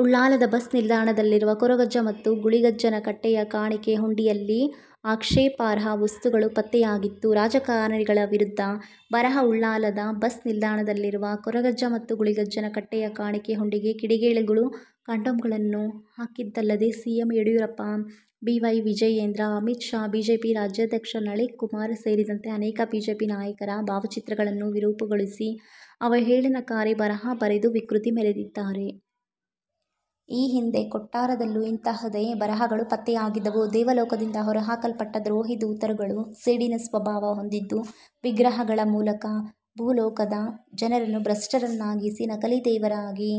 ಉಳ್ಳಾಲದ bus ನಿಲ್ದಾಣದಲ್ಲಿರುವ ಕೊರಗಜ್ಜ ಮತ್ತು ಗುಳಿಗಜ್ಜನ ಕಟ್ಟೆಯ ಕಾಣಿಕೆ ಹುಂಡಿಯಲ್ಲಿ ಆಕ್ಷೇಪಾರ್ಹ ವಸ್ತುಗಳು ಪತ್ತೆಯಾಗಿತ್ತು. ರಾಜಕಾರಣಿಗಳ ವಿರುದ್ಧ ಬರಹ: ಉಳ್ಳಾಲದ ಬಸ್ ನಿಲ್ದಾಣದಲ್ಲಿರುವ ಕೊರಗಜ್ಜ ಮತ್ತು ಗುಳಿಗಜ್ಜನ ಕಟ್ಟೆಯ ಕಾಣಿಕೆ ಹುಂಡಿಗೆ ಕಿಡಿಗೇಡಿಗಳು ಕಾಂಡೋಮ್ ಗಳನ್ನು ಹಾಕಿದ್ದಲ್ಲದೆ, CM Yediyurappa, B. Y. Vijayendra, Amit Shah, BJP ರಾಜ್ಯಾಧ್ಯಕ್ಷ ನಳಿಕ್ ಕುಮಾರ್ ಸೇರಿದಂತೆ ಅನೇಕ ಬಿಜೆಪಿ ನಾಯಕರ ಭಾವ ಚಿತ್ರಗಳನ್ನು ವಿರೂಪಗೊಳಿಸಿ ಅವಹೇಳನಕಾರಿ ಬರಹ ಬರೆದು ವಿಕೃತಿ ಮೆರೆದಿದ್ದಾರೆ. ಈ ಹಿಂದೆ ಕೊಟ್ಟಾರದಲ್ಲೂ ಇಂತಹದೇ ಬರಹಗಳು ಪತ್ತೆಯಾಗಿದ್ದವು. ದೇವಲೋಕದಿಂದ ಹೊರಹಾಕಲ್ಪಟ್ಟ ದ್ರೋಹಿ ದೂತರುಗಳು ಸೇಡಿನ ಸ್ವಭಾವ ಹೊಂದಿದ್ದು ವಿಗ್ರಹಗಳ ಮೂಲಕ ಭೂಲೋಕದ ಜನರನ್ನು ಭ್ರಷ್ಟರನ್ನಾಗಿಸಿ ನಕಲಿ ದೇವರಾಗಿ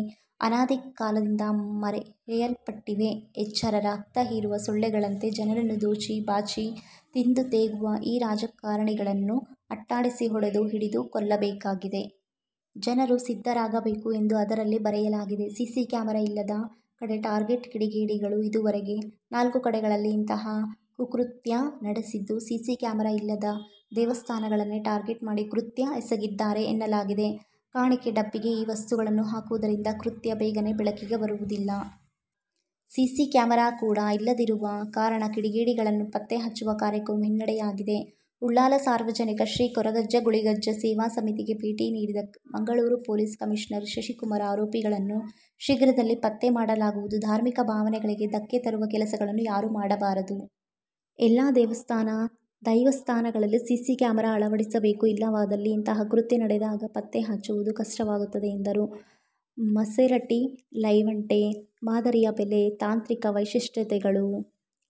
ಅನಾದಿ ಕಾಲದಿಂದ ಮೆರೆಯಲ್ಪಡುತ್ತಿವೆ, ಎಚ್ಚರ. ರಕ್ತ ಹೀರುವ ಸೊಳ್ಳೆಗಳಂತೆ ಜನರನ್ನು ದೋಚಿ, ಬಾಚಿ ತಿಂದು ತೇಗುವ ಈ ರಾಜಕಾರಣಿಗಳನ್ನು ಅಟ್ಟಾಡಿಸಿ ಹೊಡೆದು, ಹಿಡಿದು ಕೊಲ್ಲಬೇಕಾಗಿದೆ. ಜನರು ಸಿದ್ಧರಾಗಬೇಕು ಎಂದು ಅದರಲ್ಲಿ ಬರೆಯಲಾಗಿದೆ. ಸಿಸಿ ಕ್ಯಾಮರಾ ಇಲ್ಲದ ಕಡೆ ಟಾರ್ಗೆಟ್: ಕಿಡಿಗೇಡಿಗಳು ಇದುವರೆಗೆ ನಾಲ್ಕು ಕಡೆಗಳಲ್ಲಿ ಇಂತಹ ಕುಕೃತ್ಯ ನಡೆಸಿದ್ದು, ಸಿಸಿ ಕ್ಯಾಮರಾ ಇಲ್ಲದ ದೈವಸ್ಥಾನಗಳನ್ನೇ ಟಾರ್ಗೆಟ್ ಮಾಡಿ ಕೃತ್ಯ ಎಸಗಿದ್ದಾರೆ ಎನ್ನಲಾಗಿದೆ. ಕಾಣಿಕೆ ಡಬ್ಬಿಗೆ ಈ ವಸ್ತುಗಳನ್ನು ಹಾಕುವುದರಿಂದ ಕೃತ್ಯ ಬೇಗನೇ ಬೆಳಕಿಗೆ ಬರುವುದಿಲ್ಲ. ಸಿಸಿ ಕ್ಯಾಮರಾ ಕೂಡಾ ಇಲ್ಲದಿರುವ ಕಾರಣ ಕಿಡಿಗೇಡಿಗಳನ್ನು ಪತ್ತೆ ಹಚ್ಚುವ ಕಾರ್ಯಕ್ಕೂ ಹಿನ್ನಡೆಯಾಗಿದೆ. ಉಳ್ಳಾಲ ಸಾರ್ವಜನಿಕ ಶ್ರೀ ಕೊರಗಜ್ಜ, ಗುಳಿಗಜ್ಜ ಸೇವಾ ಸಮಿತಿಗೆ ಭೇಟಿ ನೀಡಿದ ಮಂಗಳೂರು ಪೊಲೀಸ್ ಕಮಿಷನರ್ ಶಶಿಕುಮಾರ್, ಆರೋಪಿಗಳನ್ನು ಶೀಘ್ರದಲ್ಲಿ ಪತ್ತೆ ಮಾಡಲಾಗುವುದು. ಧಾರ್ಮಿಕ ಭಾವನೆಗಳಿಗೆ ಧಕ್ಕೆ ತರುವ ಕೆಲಸಗಳನ್ನು ಯಾರೂ ಮಾಡಬಾರದು. ಎಲ್ಲಾ ದೇವಸ್ಥಾನ/ ದೈವಸ್ಥಾನಗಳಲ್ಲಿ ಸಿಸಿ ಕ್ಯಾಮರಾ ಅಳವಡಿಸಬೇಕು ಇಲ್ಲವಾದಲ್ಲಿ ಇಂತಹ ಕೃತ್ಯ ನಡೆದಾಗ ಪತ್ತೆ ಹಚ್ಚುವುದು ಕಷ್ಟವಾಗುತ್ತದೆ ಎಂದರು. ಮಸೆರಟಿ ಲೆವೆಂಟೆ ಮಾದರಿಯ ಬೆಲೆ, ತಾಂತ್ರಿಕ ವೈಶಿಷ್ಟ್ಯತೆಗಳು,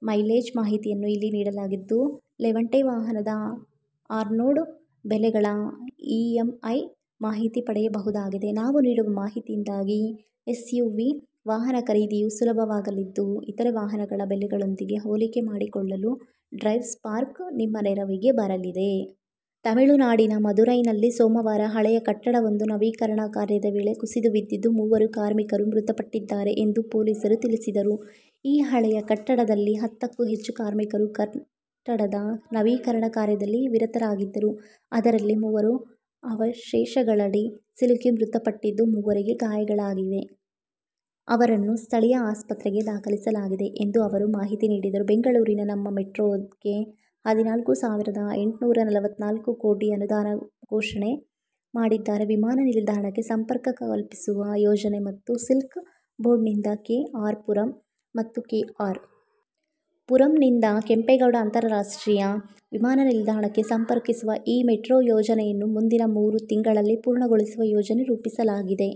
ಮೈಲೇಜ್ ಮಾಹಿತಿಯನ್ನು ಇಲ್ಲಿ ನೀಡಲಾಗಿದ್ದು, ಲೆವೆಂಟೆ ವಾಹನದ ಆನ್ರೋಡ್ ಬೆಲೆಗಳ ಇಎಂಐ ಮಾಹಿತಿ ಪಡೆಯಬಹುದಾಗಿದೆ. ನಾವು ನೀಡುವ ಮಾಹಿತಿಯಿಂದಾಗಿ ಎಸ್ಯುವಿ ವಾಹನ ಖರೀದಿಯು ಸುಲಭವಾಗಲಿದ್ದು, ಇತರೆ ವಾಹನಗಳ ಬೆಲೆಗಳೊಂದಿಗೆ ಹೋಲಿಕೆ ಮಾಡಿಕೊಳ್ಳಲು ಡ್ರೈವ್ಸ್ ಪಾರ್ಕ್ ನಿಮ್ಮ ನೆರವಿಗೆ ಬರಲಿದೆ. ತಮಿಳುನಾಡಿನ ಮಧುರೈನಲ್ಲಿ ಸೋಮವಾರ ಹಳೆಯ ಕಟ್ಟಡವೊಂದು ನವೀಕರಣ ಕಾರ್ಯದ ವೇಳೆ ಕುಸಿದು ಬಿದ್ದಿದ್ದು, ಮೂವರು ಕಾರ್ಮಿಕರು ಮೃತಪಟ್ಟಿದ್ದಾರೆ ಎಂದು ಪೊಲೀಸರು ತಿಳಿಸಿದರು. ಈ ಹಳೆಯ ಕಟ್ಟಡದಲ್ಲಿ ಹತ್ತಕ್ಕೂ ಹೆಚ್ಚು ಕಾರ್ಮಿಕರು ಕಟ್ಟಡದ ನವೀಕರಣ ಕಾರ್ಯದಲ್ಲಿ ನಿರತರಾಗಿದ್ದರು. ಅದರಲ್ಲಿ ಮೂವರು ಅವಶೇಷಗಳಡಿ ಸಿಲುಕಿ ಮೃತಪಟ್ಟಿದ್ದು, ಮೂವರಿಗೆ ಗಾಯಗಳಾಗಿವೆ. ಅವರನ್ನು ಸ್ಥಳೀಯ ಆಸ್ಪತ್ರೆಗೆ ದಾಖಲಿಸಲಾಗಿದೆ' ಎಂದು ಅವರು ಮಾಹಿತಿ ನೀಡಿದರು. ಬೆಂಗಳೂರಿನ 'ನಮ್ಮ ಮೆಟ್ರೋ'ಗೆ ಹದಿನಾಲ್ಕು ಸಾವಿರದ ಎಂಟ್ನೂರ ನಲವತ್ನಾಲ್ಕು ಕೋಟಿ ಅನುದಾನ ಘೋಷಣೆ ಮಾಡಿದ್ದಾರೆ. ವಿಮಾನ ನಿಲ್ದಾಣಕ್ಕೆ ಸಂಪರ್ಕ ಕಲ್ಪಿಸುವ ಯೋಜನೆ ಮತ್ತು ಸಿಲ್ಕ್ ಬೋರ್ಡ್ನಿಂದ ಕೆ. ಆರ್. ಪುರಂ ಮತ್ತು ಕೆ. ಆರ್. ಪುರಂನಿಂದ ಕೆಂಪೇಗೌಡ ಅಂತಾರಾಷ್ಟ್ರೀಯ ವಿಮಾನ ನಿಲ್ದಾಣಕ್ಕೆ ಸಂಪರ್ಕಿಸುವ ಈ ಮೆಟ್ರೋ ಯೋಜನೆಯನ್ನು ಮುಂದಿನ ಮೂರು ತಿಂಗಳಲ್ಲಿ ಪೂರ್ಣಗೊಳಿಸುವ ಯೋಜನೆ ರೂಪಿಸಲಾಗಿದೆ.